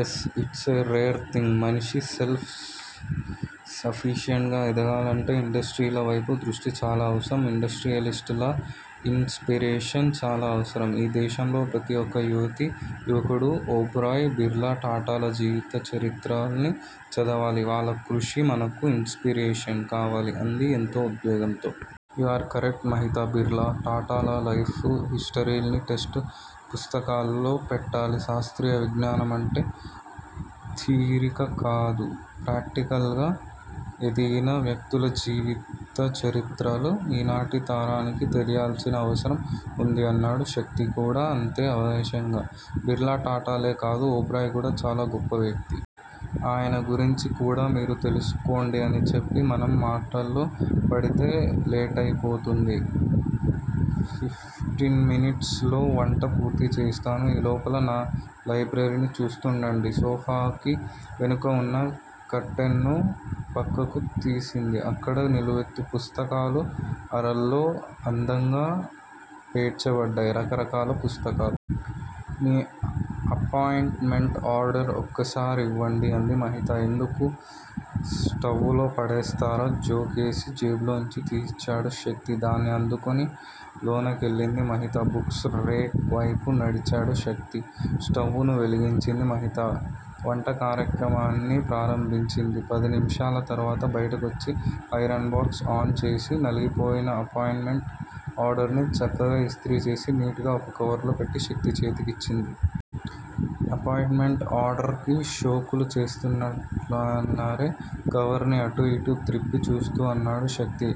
Yes it's a rare thing మనిషి self sufficient గా ఎదగాలంటే, ఇండస్ట్రీల వైపు దృష్టి చాలా అవసరం ఇండస్ట్రీయలిస్ట్ ల ఇన్ స్పిరేషన్ చాలా అవసరం. ఈ దేశంలో ప్రతి ఒక్క యువతి, యువకుడూ ఓబ్రాయ్, బిర్లా, టాటాల జీవిత చరిత్రలాన్ని చదవాలి వాళ్ళ కృషి మనకు ఇన్ స్పిరేషన్ కావాలి అంది ఎంతో ఉద్వేగంతో. You are correct Mahita Birla, టాటాల లైఫ్ హిస్టరీల్ని టెస్టు పుస్తకాల్లో పెట్టాలి శాస్త్రీయ విజ్ఞానమంటే, థీరీక కాదు ప్రాక్టీకల్ గా ఎదిగిన వ్యక్తుల జీవిత చరిత్రలు, ఈనాటి తరానికి తెలియాల్సిన అవసరం వుంది అన్నాడు శక్తి కూడా అంతే ఆవేశంగా. బిర్లా, టాటాలే కాదు, ఓబ్రాయ్ కూడా చాలా గొప్ప వ్యక్తి. ఆయన గురించి కూడా మీరు తెలుసుకోండి అని చెప్పి మనం మాటల్లో పడితే లేటయిపోతుంది ఫిఫ్టీన్ మినిట్స్ లో వంట పూర్తి చేస్తాను ఈలోపల న లైబ్రరీని చూస్తుండండి సోఫాకి వెనుక వున్న కర్టెన్ ను పక్కకు తీసింది. అక్కడ నిలువెత్తు పుస్తకాల అరలో అందంగా పేర్చబడ్డ రకరకాల పుస్తకాలు. మీ అపాయింట్ మెంట్ ఆర్డర్ ఒకసారివ్వండి అంది మహిత. ఎందుకు స్టవ్వులో పడేస్తారా జోకేసి జేబులోంచి తీసిచ్చాడు శక్తి. దాన్ని అందుకొని లోనికెళ్ళింది మహిత. బుక్స్ రేక్ వేపు నడిచాడు శక్తి. స్టవ్వును వెలిగించింది మహిత. వంట కార్యక్రమాన్ని ప్రారంభించింది. పది నిమిషాల తర్వాత బయటికొచ్చి, ఐరన్ బాక్స్ ఆన్ చేసి నలిగిపోయిన ఎపాయింట్ మెంట్ ఆర్డర్ ని, చక్కగా ఇస్త్రీ చేసి, నీట్ గా ఒక కవర్లో పెట్టి, శక్తి చేతికీ ఇచ్చింది. ఎపాయింట్ మెంట్ ఆర్డర్ కి షోకులు చేస్తున్నట్లన్నారే కవర్ని అటూ ఇటూ త్రిప్పి చూస్తూ అన్నాడు శక్తి.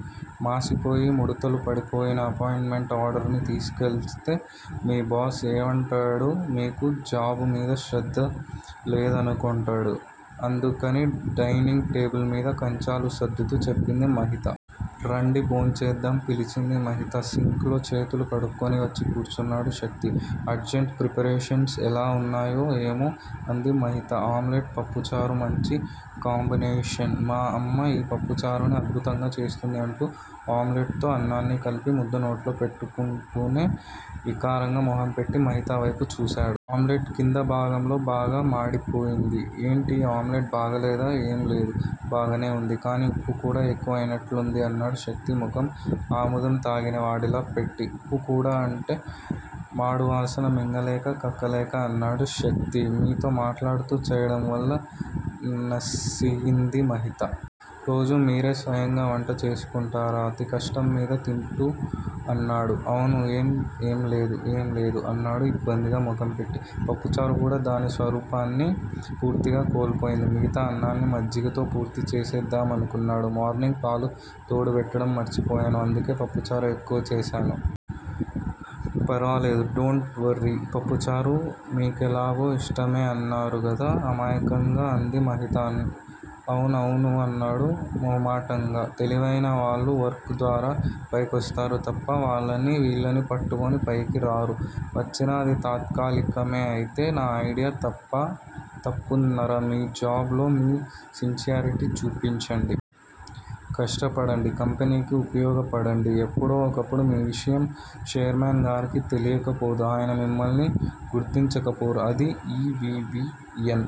మాసిపోయి, ముడుతలు పడిపోయిన ఎపాయింట్ మెంట్ ఆర్డర్ ని తీసికెళ్ళిస్తే- మీ బాస్ ఏవంటాడు మీకు జాబు మీద శ్రద్ధ లేదనుకొంటాడు. అందుకని డైనింగ్ టేబుల్ మీద కంచాలు సర్దుతూ చెప్పింది మహిత. రండి భోంచేద్దాం పిలిచింది మహిత. సింక్ లో చేతులు కడుక్కొని వచ్చి కూర్చున్నాడు శక్తి. అర్జంట్ ప్రిపరేషన్స్ ఎలా వున్నాయో ఏమో అంది మహిత. ఆమ్లెట్ పప్పుచారు మంచి కాంబినేషన్ మా అమ్మ ఈ పప్పుచారుని అద్భుతంగా చేస్తుంది అంటూ ఆమ్లెట్ తో అన్నాన్ని కలిపి, ముద్ద నోట్లో పెట్టుకుంటూనే వికారంగా మొహం పెట్టి మహిత వైపు చూసా. ఆమ్లెట్ కింద భాగంలో బాగా మాడిపోయింది. ఏంటి ఆమ్లెట్ బాగాలేదా ఏంలేదు- బాగానేవుంది- కానీ ఉప్పు కూడా ఎక్కువైనట్లుంది అన్నాడు శక్తి మొఖం ఆముదం తాగిన వాడిలా పెట్టి. ఉప్పు కూడా అంటే? మాడువాసన మింగలేక, కక్కలేక అన్నాడు శక్తి. మీతో మాట్లాడుతూ చేయడంవల్ల నసిగింది మహిత. రోజూ మీరే స్వయంగా వంట చేసుకుంటారా అతి కష్టమ్మీద తింటూ అన్నాడు. అవును ఏం? ఏం లేదు ఏం లేదు అన్నాడు ఇబ్బందిగా మొఖం పెట్టి. పప్పుచారు కూడా దాని స్వరూపాన్ని పూర్తిగా కోల్పోయింది. మిగతా అన్నాన్ని మజ్జిగతో పూర్తి చేసేద్దామనుకున్నాడు. మార్నింగ్ పాలు తోడుబెట్టడం మర్చిపోయాను అందుకే పప్పుచారు ఎక్కువ చేసాను. ఫర్వాలేదు డోంట్ వర్రీ పప్పుచారు మీకెలాగూ ఇష్టమే అన్నారుగదా అమాయకంగా అంది మహిత. అవునవును అన్నాడు మొహమాటంగా. తెలివైనవాళ్ళు వర్క్ ద్వారా పైకొస్తారు తప్ప వాళ్ళనీ, వీళ్ళనీ పట్టుకొని పైకిరారు. వచ్చినా అది తాత్కాలికమే. అయితే నా ఐడియా తప్పా? తప్పున్నరా మీ బాజ్ లో మీ సిన్సియారిటీ చూపించండి. కష్టపడండి. కంపెనీకి ఉపయోగపడండి ఎప్పుడో ఒకప్పుడు మీ విషయం ఛైర్మన్ గారికి తెలీకపోదు. ఆయన మిమ్మల్ని గుర్తించకపోరు అది ఈ వి. వి. ఎన్